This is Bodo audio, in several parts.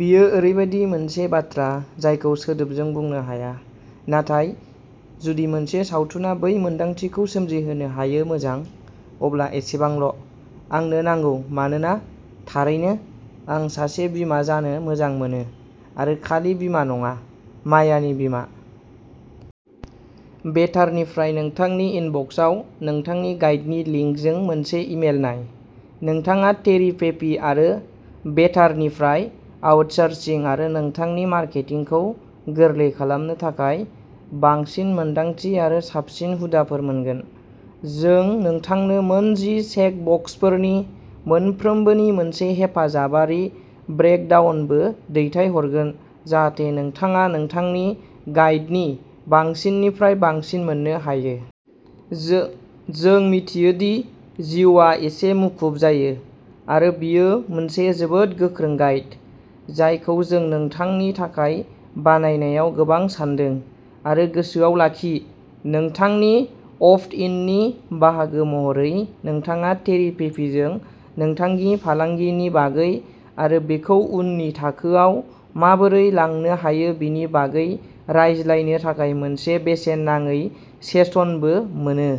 बेयो ओरैबायदि मोनसे बाथ्रा जायखौ सोदोबजों बुंनो हाया। नाथाय जुदि मोनसे सावथुना बै मोनदांथिखौ सोमजिहोनो हायोमोजां, अब्ला एसेबांल'। आंनो नांगौ। मानोना, थारैनो, आं सासे बिमा जानो मोजां मोनो। आरो खालि बिमा नङाः मायानि बिमा। बेटार निफ्राय नोंथांनि इनबक्सआव नोंथांनि गाइडनि लिंकजों मोनसे इमेल नाय। नोंथाङा टेरि पेपि आरो बेटार निफ्राय आउटसर्सिं आरो नोंथांनि मार्केटिंखौ गोरलै खालामनो थाखाय बांसिन मोनदांथि आरो साबसिन हुदाफोर मोनगोन। जों नोंथांनो मोनजि चेकबक्सफोरनि मोनफ्रोमबोनि मोनसे हेफाजाबारि ब्रेकडाउनबो दैथायहरगोन जाहाथे नोंथाङा नोंथांनि गाइदनि बांसिननिफ्राय बांसिन मोननो हायो। जो जों मिथियो दि जिउआ एसे मुखुब जायो, आरो बेयो मोनसे जोबोद गोख्रों गाइड जायखौ जों नोंथांनि थाखाय बानायनायाव गोबां सानदों। आरो गोसोआव लाखि, नोंथांनि अप्ट-इननि बाहागो महरै, नोंथाङा टेरि पेपिजों नोंथांनि फालांगिनि बागै आरो बेखौ उननि थाखोआव माबोरै लांनो हायो बेनि बागै रायज्लायनो थाखाय मोनसे बेसेन नाङै सेसनबो मोनो।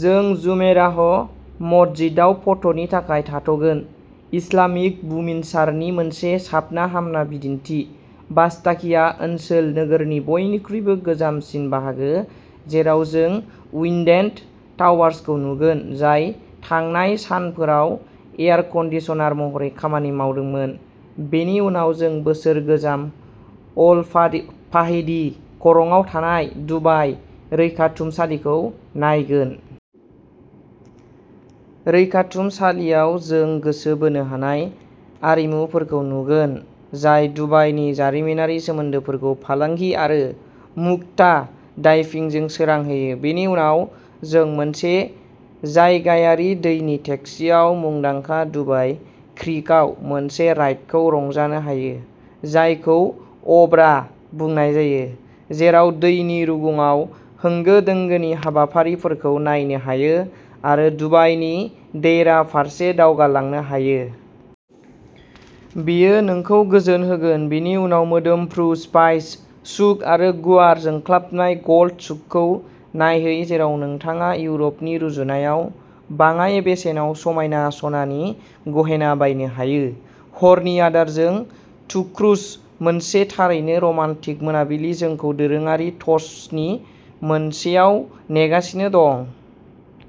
जों जुमेराह मस्जिदाव फट'नि थाखाय थाथ'गोन-इस्लामिक बुमिनसारनि मोनसे साबना हामना बिदिन्थि, बास्ताकिया ओनसोल-नोगोरनि बयनिख्रुइबो गोजामसिन बाहागो, जेराव जों उइन्ड टावार्सखौ नुगोन जाय थांनाय सानफोराव एयार-कन्डिसनार महरै खामानि मावदोंमोन। बेनि उनाव जों बोसोर गोजाम अल फाहिदी खरंआव थानाय दुबाइ रैखाथुमसालिखौ नायगोन। रैखाथुमसालियाव, जों गोसो बोनो हानाय आरिमुफोरखौ नुगोन, जाय दुबाइनि जारिमिनारि सोमोन्दोफोरखौ फालांगि आरो मुक्ता डाइभिंजों सोरां होयो। बेनि उनाव जों मोनसे जायगायारि दैनि टेक्सिआव मुंदांखा दुबाइ क्रीकआव मोनसे राइडखौ रंजानो हायो, जायखौ "अब्रा" बुंनाय जायो, जेराव दैनि रुगुंआव होंगो दोंगोनि हाबाफारिफोरखौ नायनो हायो आरो दुबाइनि देइरा फारसे दावगालांनो हायो। बेयो नोंखौ गोजोन होगोन। बेनि उनाव मोदोमफ्रु स्पाइस सुक आरो गुवार जोंख्लाबनाय गल्ड सुकखौ नायहै जेराव नोंथाङा इउरपनि रुजुनायाव बाङाय बेसेनाव समायना सनानि गहेना बायनो हायो। हरनि आदारजों ध'क्रुज-मोनसे थारैनो रमान्टिक मोनाबिलि जोंखौ दोरोङारि ध'स नि मोनसेयाव नेगासिनो दं।